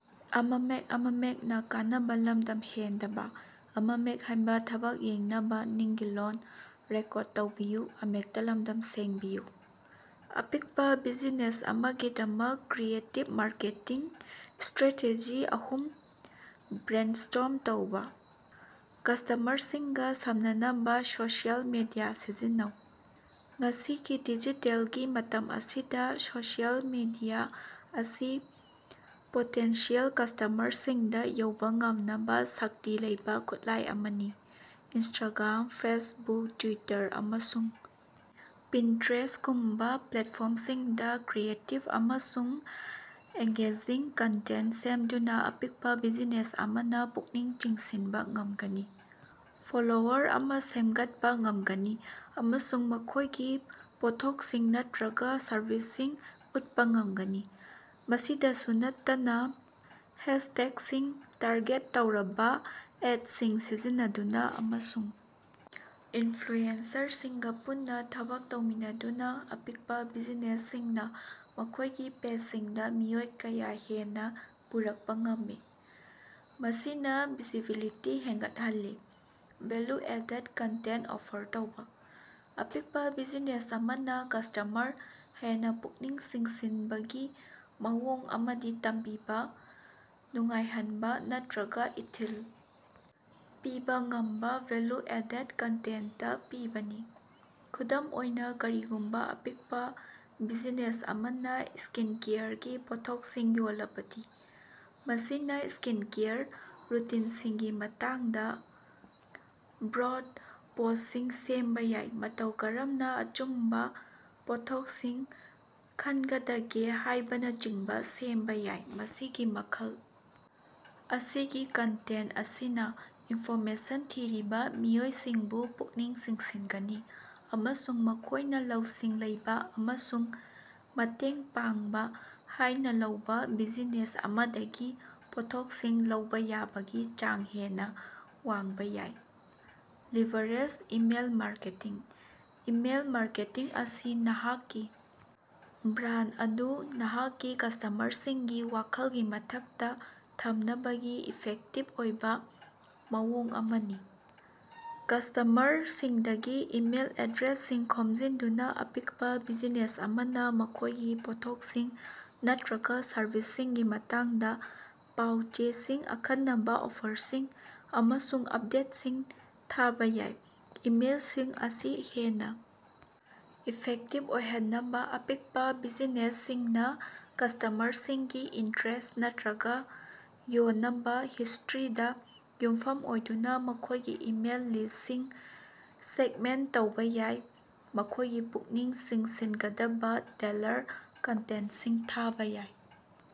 ꯑꯄꯤꯛꯄ ꯕꯤꯖꯤꯅꯦꯁ ꯑꯃꯒꯤꯗꯃꯛ creative marketing strategy ꯑꯍꯨꯝ ꯕ꯭ꯔꯦꯟꯁ꯭ꯇꯣꯔꯝ ꯇꯧꯕ꯫ ꯀꯁꯇꯃꯔꯁꯤꯡꯒ ꯁꯝꯅꯅꯕ ꯁꯣꯁꯤꯑꯦꯜ ꯃꯤꯗꯤꯌꯥ ꯁꯤꯖꯤꯟꯅꯧ: ꯉꯁꯤꯒꯤ ꯗꯤꯖꯤꯇꯦꯜꯒꯤ ꯃꯇꯝ ꯑꯁꯤꯗ ꯁꯣꯁꯤꯌꯦꯜ ꯃꯤꯗꯤꯌꯥ ꯑꯁꯤ ꯄꯣꯇꯦꯟꯁꯤꯌꯦꯜ ꯀꯁ꯭ꯇꯃꯔꯁꯤꯡꯗ ꯌꯧꯕ ꯉꯝꯅꯕ ꯁꯛꯇꯤ ꯂꯩꯕ ꯈꯨꯠꯂꯥꯏ ꯑꯃꯅꯤ꯫ ꯏꯟꯁꯇꯥꯒ꯭ꯔꯥꯝ, ꯐꯦꯁꯕꯨꯛ, ꯇ꯭ꯋꯤꯇꯔ, ꯑꯃꯁꯨꯡ ꯄꯤꯟꯇ꯭ꯔꯦꯁ ꯒꯨꯝꯕ ꯄ꯭ꯂꯦꯠꯐꯣꯔꯝꯁꯤꯡꯗ ꯀ꯭ꯔꯤꯌꯦꯇꯤꯕ ꯑꯃꯁꯨꯡ ꯑꯦꯡꯒꯦꯖꯤꯡ ꯀꯟꯇꯦꯟꯇ ꯁꯦꯝꯗꯨꯅ ꯑꯄꯤꯛꯄ ꯕꯤꯖꯤꯅꯦꯁ ꯑꯃꯅ ꯄꯨꯛꯅꯤꯡ ꯆꯤꯡꯁꯤꯟꯕ ꯉꯝꯒꯅꯤ, ꯐꯣꯂꯣꯋꯔ ꯑꯃ ꯁꯦꯝꯒꯠꯄ ꯉꯝꯒꯅꯤ ꯑꯃꯁꯨꯡ ꯃꯈꯣꯏꯒꯤ ꯄꯣꯠꯊꯣꯛꯁꯤꯡ ꯅꯠꯇ‌꯭ꯔꯒ ꯁꯔꯕꯤꯁꯁꯤꯡ ꯎꯠꯄ ꯉꯝꯒꯅꯤ꯫ ꯃꯁꯤꯗꯁꯨ ꯅꯠꯇꯅ, ꯍꯦꯁꯇꯦꯒꯁꯤꯡ, ꯇꯥꯔꯒꯦꯠ ꯇꯧꯔꯕ ꯑꯦꯗꯁꯤꯡ ꯁꯤꯖꯤꯟꯅꯗꯨꯅ, ꯑꯃꯁꯨꯡ ꯏꯟꯐ꯭ꯂꯨꯑꯦꯟꯁꯔꯁꯤꯡꯒ ꯄꯨꯟꯅ ꯊꯕꯛ ꯇꯧꯃꯤꯟꯅꯗꯨꯅ, ꯑꯄꯤꯛꯄ ꯕꯤꯖꯤꯅꯦꯁꯁꯤꯡꯅ ꯃꯈꯣꯏꯒꯤ ꯄꯦꯖꯁꯤꯡꯗ ꯃꯤꯑꯣꯏ ꯀꯌꯥ ꯍꯦꯟꯅ ꯄꯨꯔꯛꯄ ꯉꯝꯃꯤ, ꯃꯁꯤꯅ ꯚꯤꯖꯤꯕꯤꯂꯤꯇꯤ ꯍꯦꯟꯒꯠꯍꯜꯂꯤ꯫ ꯚꯦꯜꯌꯨ-ꯑꯦꯗꯦꯗ ꯀꯟꯇꯦꯟꯇ ꯑꯣꯐꯔ ꯇꯧꯕ: ꯑꯄꯤꯛꯄ ꯕꯤꯖꯤꯅꯦꯁ ꯑꯃꯅ ꯀꯁ꯭ꯇꯃꯔ ꯍꯦꯟꯅ ꯄꯨꯛꯅꯤꯡ ꯆꯤꯡꯁꯤꯟꯕꯒꯤ ꯃꯑꯣꯡ ꯑꯃꯗꯤ ꯇꯝꯕꯤꯕ, ꯅꯨꯡꯉꯥꯏꯍꯟꯕ ꯅꯠꯇ꯭ꯔꯒ ꯏꯊꯤꯜ ꯄꯤꯕ ꯉꯝꯕ ꯚꯦꯂ꯭ꯌꯨ-ꯑꯦꯗꯦꯗ ꯀꯟꯇꯦꯟꯇ ꯄꯤꯕꯅꯤ꯫ ꯈꯨꯗꯝ ꯑꯣꯏꯅ, ꯀꯔꯤꯒꯨꯝꯕ ꯑꯄꯤꯛꯄ ꯕꯤꯖꯤꯅꯦꯁ ꯑꯃꯅ ꯁ꯭ꯀꯤꯟꯀꯦꯌꯔꯒꯤ ꯄꯣꯠꯊꯣꯛꯁꯤꯡ ꯌꯣꯜꯂꯕꯗꯤ, ꯃꯁꯤꯅ ꯁ꯭ꯀꯤꯟꯀꯦꯌꯔ ꯔꯨꯇꯤꯟꯁꯤꯡꯒꯤ ꯃꯇꯥꯡꯗ ꯕ꯭ꯂꯣꯒ ꯄꯣꯁ꯭ꯇꯁꯤꯡ ꯁꯦꯝꯕ ꯌꯥꯏ, ꯃꯇꯧ ꯀꯔꯝꯅ ꯑꯆꯨꯝꯕ ꯄꯣꯠꯊꯣꯛꯁꯤꯡ ꯈꯟꯒꯗꯒꯦ ꯍꯥꯏꯕꯅ ꯆꯤꯡꯕ ꯁꯦꯝꯕ ꯌꯥꯏ꯫ ꯃꯁꯤꯒꯤ ꯃꯈꯜ ꯑꯁꯤꯒꯤ ꯀꯟꯇꯦꯟꯇ ꯑꯁꯤꯅ ꯏꯟꯐꯣꯔꯃꯦꯁꯟ ꯊꯤꯔꯤꯕ ꯃꯤꯑꯣꯏꯁꯤꯡꯕꯨ ꯄꯨꯛꯅꯤꯡ ꯆꯤꯡꯁꯤꯟꯒꯅꯤ, ꯑꯃꯁꯨꯡ ꯃꯈꯣꯏꯅ ꯂꯧꯁꯤꯡ ꯂꯩꯕ ꯑꯃꯁꯨꯡ ꯃꯇꯦꯡ ꯄꯥꯡꯕ ꯍꯥꯏꯅ ꯂꯧꯕ ꯕꯤꯖꯤꯅꯦꯁ ꯑꯃꯗꯒꯤ ꯄꯣꯠꯊꯣꯛꯁꯤꯡ ꯂꯧꯕ ꯌꯥꯕꯒꯤ ꯆꯥꯡ ꯍꯦꯟꯅ ꯋꯥꯡꯕ ꯌꯥꯏ꯫ Leverage email marketing: email marketing ꯑꯁꯤ ꯅꯍꯥꯛꯀꯤ ꯕ꯭ꯔꯥꯟꯗ ꯑꯗꯨ ꯅꯍꯥꯛꯀꯤ ꯀꯁ꯭ꯇꯃꯔꯁꯤꯡꯒꯤ ꯋꯥꯈꯜꯒꯤ ꯃꯊꯛꯇ ꯊꯝꯅꯕꯒꯤ ꯏꯐꯦꯛꯇꯤꯕ ꯑꯣꯏꯕ ꯃꯑꯣꯡ ꯑꯃꯅꯤ꯫ ꯀꯁ꯭ꯇꯃꯔꯁꯤꯡꯗꯒꯤ ꯏꯃꯦꯏꯜ ꯑꯦꯗ꯭ꯔꯦꯁꯁꯤꯡ ꯈꯣꯝꯖꯤꯟꯗꯨꯅ ꯑꯄꯤꯛꯄ ꯕꯤꯖꯤꯅꯦꯁ ꯑꯃꯅ ꯃꯈꯣꯏꯒꯤ ꯄꯣꯠꯊꯣꯛꯁꯤꯡ ꯅꯠꯇ꯭ꯔꯒ ꯁꯔꯚꯤꯁꯁꯤꯡꯒꯤ ꯃꯇꯥꯡꯗ ꯄꯥꯎ-ꯆꯦꯁꯤꯡ, ꯑꯈꯟꯅꯕ ꯑꯣꯐꯔꯁꯤꯡ, ꯑꯃꯁꯨꯡ ꯑꯞꯗꯦꯠꯁꯤꯡ ꯊꯥꯕ ꯌꯥꯏ꯫ ꯏꯃꯦꯏꯜꯁꯤꯡ ꯑꯁꯤ ꯍꯦꯟꯅ ꯏꯐꯦꯛꯇꯤꯕ ꯑꯣꯏꯍꯟꯅꯕ ꯑꯄꯤꯛꯄ ꯕꯤꯖꯤꯅꯦꯁꯁꯤꯡꯅ ꯀꯁ꯭ꯇꯃꯔꯁꯤꯡꯒꯤ ꯏꯟꯇ꯭ꯔꯦꯁ ꯅꯠꯇ꯭ꯔꯒ ꯌꯣꯟꯅꯕ ꯍꯤꯁꯇ꯭ꯔꯤꯗ ꯌꯨꯝꯐꯝ ꯑꯣꯏꯗꯨꯅ ꯃꯈꯣꯏꯒꯤ ꯏꯃꯦꯜ ꯂꯤꯁꯇꯁꯤꯡ ꯁꯦꯒꯃꯦꯟꯇ ꯇꯧꯕ ꯌꯥꯏ, ꯃꯈꯣꯏꯒꯤ ꯄꯨꯛꯅꯤꯡ ꯆꯤꯡꯁꯤꯟꯒꯗꯕ ꯇꯦꯜꯂꯔ ꯀꯟꯇꯦꯟꯇꯁꯤꯡ ꯊꯥꯕ ꯌꯥꯏ꯫